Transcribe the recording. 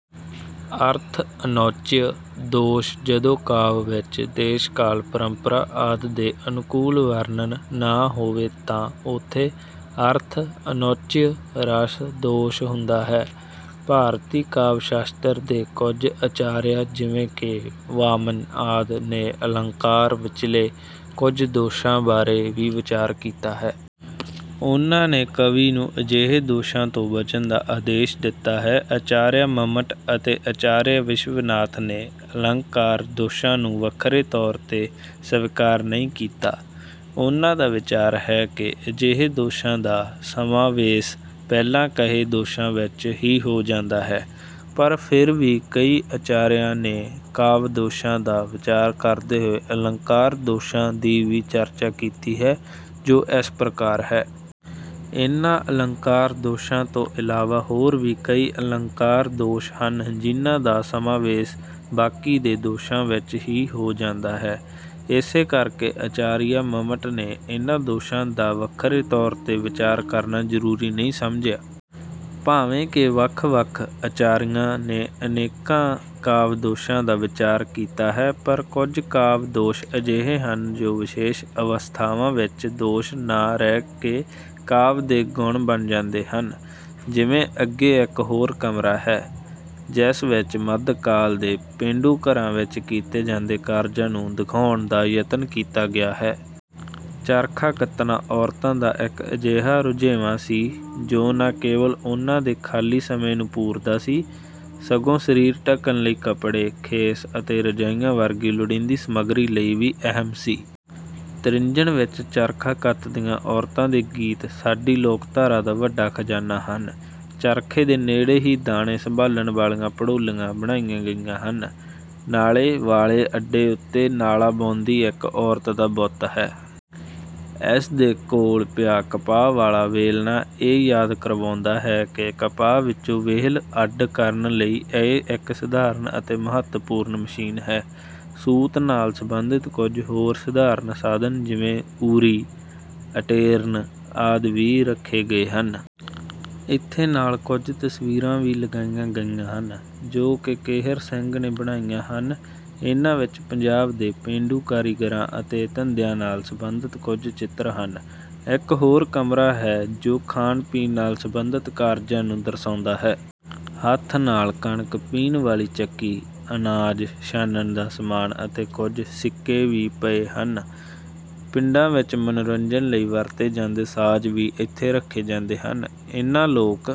ਅਰਥ-ਅਨੌਚਿਤਯ ਦੋਸ਼- ਜਦੋਂ ਕਾਵਿ ਵਿੱਚ ਦੇਸ਼-ਕਾਲ, ਪਰੰਪਰਾ ਆਦਿ ਦੇ ਅਨੁਕੂਲ ਵਰਣਨ ਨਾ ਹੋਵੇ ਤਾਂ ਉੱਥੇ 'ਅਰਥ-ਅਨੌਚਿਤਯ' ਰਸ ਦੋਸ਼ ਹੁੰਦਾ ਹੈ। ਭਾਰਤੀ ਕਾਵਿ-ਸ਼ਾਸਤਰ ਦੇ ਕੁਝ ਆਚਾਰੀਆਂ ਜਿਵੇਂ ਕਿ ਵਾਮਨ ਆਦਿ ਨੇ ਅਲੰਕਾਰ ਵਿੱਚਲੇ ਕੁਝ ਦੋਸ਼ਾਂ ਬਾਰੇ ਵੀ ਵਿਚਾਰ ਕੀਤਾ ਹੈ। ਉਨ੍ਹਾਂ ਨੇ ਕਵੀ ਨੂੰ ਅਜਿਹੇ ਦੋਸ਼ਾਂ ਤੋਂ ਬਚਣ ਦਾ ਆਦੇਸ਼ ਦਿੱਤਾ ਹੈ। ਆਚਾਰੀਆ ਮੰਮਟ ਅਤੇ ਆਚਾਰੀਆ ਵਿਸ਼ਵਨਾਥ ਨੇ ਅਲੰਕਾਰ ਦੋਸ਼ਾਂ ਨੂੰ ਵੱਖਰੇ ਤੌਰ 'ਤੇ ਸਵੀਕਾਰ ਨਹੀਂ ਕੀਤਾ। ਉਨ੍ਹਾਂ ਦਾ ਵਿਚਾਰ ਹੈ ਕਿ ਅਜਿਹੇ ਦੋਸ਼ਾਂ ਦਾ ਸਮਾਵੇਸ਼ ਪਹਿਲਾਂ ਕਹੇ ਦੋਸ਼ਾਂ ਵਿੱਚ ਹੀ ਹੋ ਜਾਂਦਾ ਹੈ, ਪਰ ਫਿਰ ਵੀ ਕਈ ਆਚਾਰੀਆਂ ਨੇ ਕਾਵਿ ਦੋਸ਼ਾਂ ਦਾ ਵਿਚਾਰ ਕਰਦੇ ਹੋਏ ਅਲੰਕਾਰ ਦੋਸ਼ਾਂ ਦੀ ਵੀ ਚਰਚਾ ਕੀਤੀ ਹੈ, ਜੋ ਇਸ ਪ੍ਰਕਾਰ ਹੈ। ਇਨ੍ਹਾਂ ਅਲੰਕਾਰ ਦੋਸ਼ਾਂ ਤੋਂ ਇਲਾਵਾ ਹੋਰ ਵੀ ਕਈ ਅਲੰਕਾਰ ਦੋਸ਼ ਹਨ ਜਿਨ੍ਹਾਂ ਦਾ ਸਮਾਵੇਸ਼ ਬਾਕੀ ਦੇ ਦੋਸ਼ਾਂ ਵਿੱਚ ਹੀ ਹੋ ਜਾਂਦਾ ਹੈ। ਇਸੇ ਕਰਕੇ ਆਚਾਰੀਆ ਮੰਮਟ ਨੇ ਇਨ੍ਹਾਂ ਦੋਸ਼ਾਂ ਦਾ ਵੱਖਰੇ ਤੌਰ 'ਤੇ ਵਿਚਾਰ ਕਰਨਾ ਜ਼ਰੂਰੀ ਨਹੀਂ ਸਮਝਿਆ। ਭਾਵੇਂ ਕਿ ਵੱਖ-ਵੱਖ ਆਚਾਰੀਆਂ ਨੇ ਅਨੇਕਾਂ ਕਾਵਿ-ਦੋਸ਼ਾਂ ਦਾ ਵਿਚਾਰ ਕੀਤਾ ਹੈ, ਪਰ ਕੁਝ ਕਾਵਿ ਦੋਸ਼ ਅਜਿਹੇ ਹਨ ਜੋ ਵਿਸ਼ੇਸ਼ ਅਵਸਥਾਵਾਂ ਵਿੱਚ ਦੋਸ਼ ਨਾ ਰਹਿ ਕੇ ਕਾਵਿ ਦੇ ਗੁਣ ਬਣ ਜਾਂਦੇ ਹਨ। ਜਿਵੇਂ, ਅੱਗੇ ਇੱਕ ਹੋਰ ਕਮਰਾ ਹੈ, ਜਿਸ ਵਿੱਚ ਮੱਧਕਾਲ ਦੇ ਪੇਂਡੂ ਘਰਾਂ ਵਿੱਚ ਕੀਤੇ ਜਾਂਦੇ ਕਾਰਜਾਂ ਨੂੰ ਦਿਖਾਉਣ ਦਾ ਯਤਨ ਕੀਤਾ ਗਿਆ ਹੈ। ਚਰਖਾ ਕੱਤਣਾ ਔਰਤਾਂ ਦਾ ਇੱਕ ਅਜਿਹਾ ਰੁਝੇਵਾਂ ਸੀ, ਜੋ ਨਾ ਕੇਵਲ ਉਨ੍ਹਾਂ ਦੇ ਖਾਲੀ ਸਮੇਂ ਨੂੰ ਪੂਰਦਾ ਸੀ, ਸਗੋਂ ਸਰੀਰ ਢੱਕਣ ਲਈ ਕੱਪੜੇ, ਖੇਸ ਅਤੇ ਰਜਾਈਆਂ ਵਰਗੀ ਲੋੜੀਂਦੀ ਸਮੱਗਰੀ ਲਈ ਵੀ ਅਹਿਮ ਸੀ। ਤ੍ਰਿੰਝਣ ਵਿੱਚ ਚਰਖਾ ਕੱਤਦੀਆਂ ਔਰਤਾਂ ਦੇ ਗੀਤ ਸਾਡੀ ਲੋਕਧਾਰਾ ਦਾ ਵੱਡਾ ਖਜ਼ਾਨਾ ਹਨ। ਚਰਖੇ ਦੇ ਨੇੜੇ ਹੀ ਦਾਣੇ ਸੰਭਾਲਣ ਵਾਲੀਆਂ ਭੜੋਲੀਆਂ ਬਣਾਈਆਂ ਗਈਆਂ ਹਨ। ਨਾਲੇ ਵਾਲੇ ਅੱਡੇ ਉੱਤੇ ਨਾਲਾ ਬੁਣਦੀ ਇੱਕ ਔਰਤ ਦਾ ਬੁੱਤ ਹੈ। ਇਸ ਦੇ ਕੋਲ ਪਿਆ ਕਪਾਹ ਵਾਲਾ ਵੇਲਣਾ ਇਹ ਯਾਦ ਕਰਵਾਉਂਦਾ ਹੈ ਕਿ ਕਪਾਹ ਵਿੱਚੋਂ ਵੇਹਲ ਅੱਡ ਕਰਨ ਲਈ ਇਹ ਇੱਕ ਸਧਾਰਨ ਅਤੇ ਮਹੱਤਵਪੂਰਨ ਮਸ਼ੀਨ ਹੈ। ਸੂਤ ਨਾਲ ਸਬੰਧਤ ਕੁਝ ਹੋਰ ਸਧਾਰਨ ਸਾਧਨ ਜਿਵੇਂ ਊਰੀ, ਅਟੇਰਨ ਆਦਿ ਵੀ ਰੱਖੇ ਗਏ ਹਨ। ਇੱਥੇ ਨਾਲ ਕੁਝ ਤਸਵੀਰਾਂ ਵੀ ਲਗਾਈਆਂ ਗਈਆਂ ਹਨ, ਜੋ ਕਿ ਕਿਹਰ ਸਿੰਘ ਨੇ ਬਣਾਈਆਂ ਹਨ। ਇਨ੍ਹਾਂ ਵਿੱਚ ਪੰਜਾਬ ਦੇ ਪੇਂਡੂ ਕਾਰੀਗਰਾਂ ਅਤੇ ਧੰਦਿਆਂ ਨਾਲ ਸਬੰਧਤ ਕੁਝ ਚਿੱਤਰ ਹਨ। ਇੱਕ ਹੋਰ ਕਮਰਾ ਹੈ, ਜੋ ਖਾਣ-ਪੀਣ ਨਾਲ ਸਬੰਧਤ ਕਾਰਜਾਂ ਨੂੰ ਦਰਸਾਉਂਦਾ ਹੈ। ਹੱਥ ਨਾਲ ਕਣਕ ਪੀਹਣ ਵਾਲੀ ਚੱਕੀ, ਅਨਾਜ ਛਾਣਨ ਦਾ ਸਮਾਨ ਅਤੇ ਕੁਝ ਛਿੱਕੇ ਵੀ ਪਏ ਹਨ। ਪਿੰਡਾਂ ਵਿੱਚ ਮਨੋਰੰਜਨ ਲਈ ਵਰਤੇ ਜਾਂਦੇ ਸਾਜ਼ ਵੀ ਇੱਥੇ ਰੱਖੇ ਜਾਂਦੇ ਹਨ। ਇਨ੍ਹਾਂ ਲੋਕ